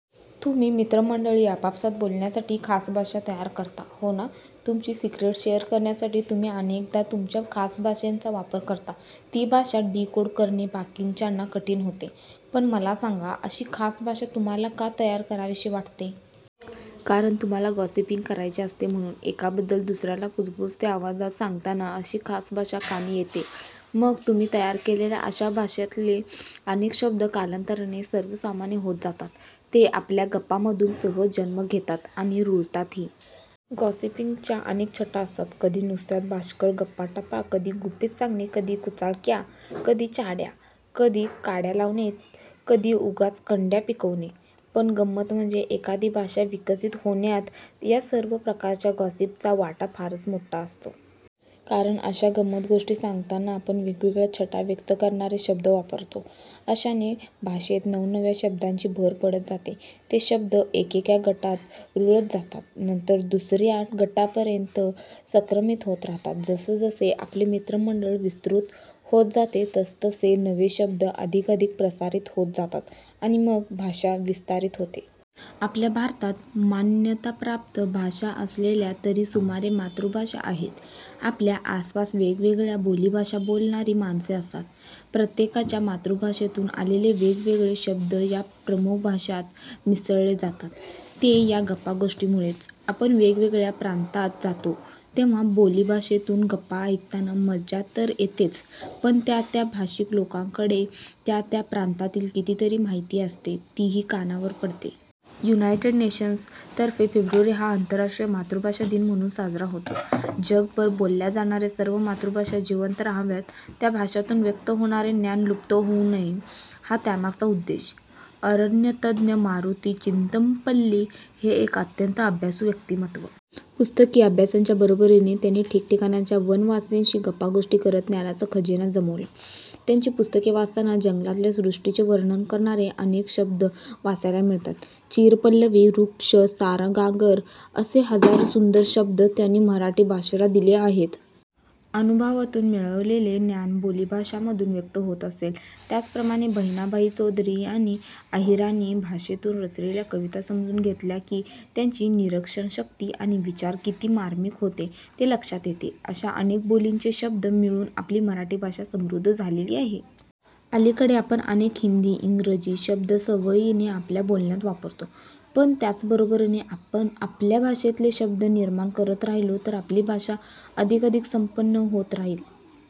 तुम्ही मित्रमंडळी आपापसात बोलण्यासाठी खास भाषा तयार करता. हो ना? तुमची सिक्रेटस् शेअर करण्यासाठी तुम्ही अनेकदा तुमच्या खास भाषेचा वापर करता. ती भाषा डीकोड करणे बाकीच्यांना कठीण होते. पण मला सांगा, अशी खास भाषा तुम्हांला का तयार करावीशी वाटते? कारण, तुम्हांला गॉसिपिंग करायचे असते, म्हणून! एकाबद्दल दुसऱ्याला कुजबुजत्या आवाजात सांगताना अशी खास भाषा कामी येते. मग तुम्ही तयार केलेल्या अशा भाषेतले अनेक शब्द कालांतराने सर्वमान्य होत जातात. ते आपल्या गप्पांमधून सहज जन्म घेतात आणि रुळतातही. गॉसिपिंगच्या अनेक छटा असतात. कधी नुसत्याच बाष्कळ गप्पाटप्पा, कधी गुपिते सांगणे, कधी कुचाळक्या, कधी चहाड्या, कधी काड्या लावणे, कधी उगाच कंड्या पिकवणे... पण गंमत म्हणजे एखादी भाषा विकसित होण्यात या सर्व प्रकारच्या गॉसिपचा वाटा फारच मोठा असतो. कारण अशा गम्मतगोष्टी सांगताना आपण वेगवेगळ्या छटा व्यक्त करणारे शब्द वापरतो. अशाने भाषेत नवनव्या शब्दांची भर पडत जाते. ते शब्द एकेका गटात रुळत जातात; नंतर दुसऱ्या गटांपर्यंत संक्रमित होत राहतात. जसजसे आपले मित्रमंडळ विस्तृत होत जाते, तसतसे नवे शब्द अधिकाधिक प्रसारित होत जातात आणि मग भाषा विस्तारित होते. आपल्या भारतात मान्यताप्राप्त भाषा असल्या, तरी सुमारे मातृभाषा आहेत. आपल्या आसपास वेगवेगळ्या बोलीभाषा बोलणारी माणसे असतात. प्रत्येकाच्या मातृभाषेतून आलेले वेगवेगळे शब्द या प्रमुख भाषांत मिसळले जातात, ते या गप्पागोष्टींमुळेच. आपण वेगवेगळ्या प्रांतात जातो तेव्हा बोलीभाषेतून गप्पा ऐकताना मजा तर येतेच, पण त्या त्या भाषिक लोकांकडे त्या त्या प्रांतातली कितीतरी माहिती असते, तीही कानावर पडते. 'युनायटेड नेशन्स'तर्फे फेब्रुवारी हा आंतरराष्ट्रीय मातृभाषा दिन म्हणून साजरा होतो. जगभर बोलल्या जाणाऱ्या सर्व मातृभाषा जिवंत राहाव्यात, त्या भाषांतून व्यक्त होणारे ज्ञान लुप्त होऊ नये, हा त्यामागचा उद्देश. अरण्यतज्ज्ञ मारुती चितमपल्ली हे एक अत्यंत अभ्यासू व्यक्तिमत्त्व. पुस्तकी अभ्यासाच्या बरोबरीने त्यांनी ठिकठिकाणच्या वनवासींशी गप्पागोष्टी करत ज्ञानाचा खजिना जमवला. त्यांची पुस्तके वाचताना जंगलातल्या सृष्टीचे वर्णन करणारे अनेक शब्द वाचायला मिळतात. चिरपल्लवी वृक्ष, सारंगागर असे हजारो सुंदर शब्द त्यांनी मराठी भाषेला दिले आहेत. अनुभवातून मिळवलेले ज्ञान बोलीभाषांमधून व्यक्त होत असते. त्याचप्रमाणे बहिणाबाई चौधरी यांनी अहिराणी भाषेतून रचलेल्या कविता समजून घेतल्या की, त्यांची निरीक्षणशक्ती आणि विचार किती मार्मिक होते, ते लक्षात येते. अशा अनेक बोलींचे शब्द मिळून आपली मराठी भाषा समृद्ध झालेली आहे. अलीकडे आपण अनेक हिंदी, इंग्रजी शब्द सवयीने आपल्या बोलण्यात वापरतो. पण त्याच बरोबरीने आपण आपल्या भाषेतले शब्द निर्माण करत राहिलो तर आपली भाषा अधिकाधिक संपन्न होत राहील.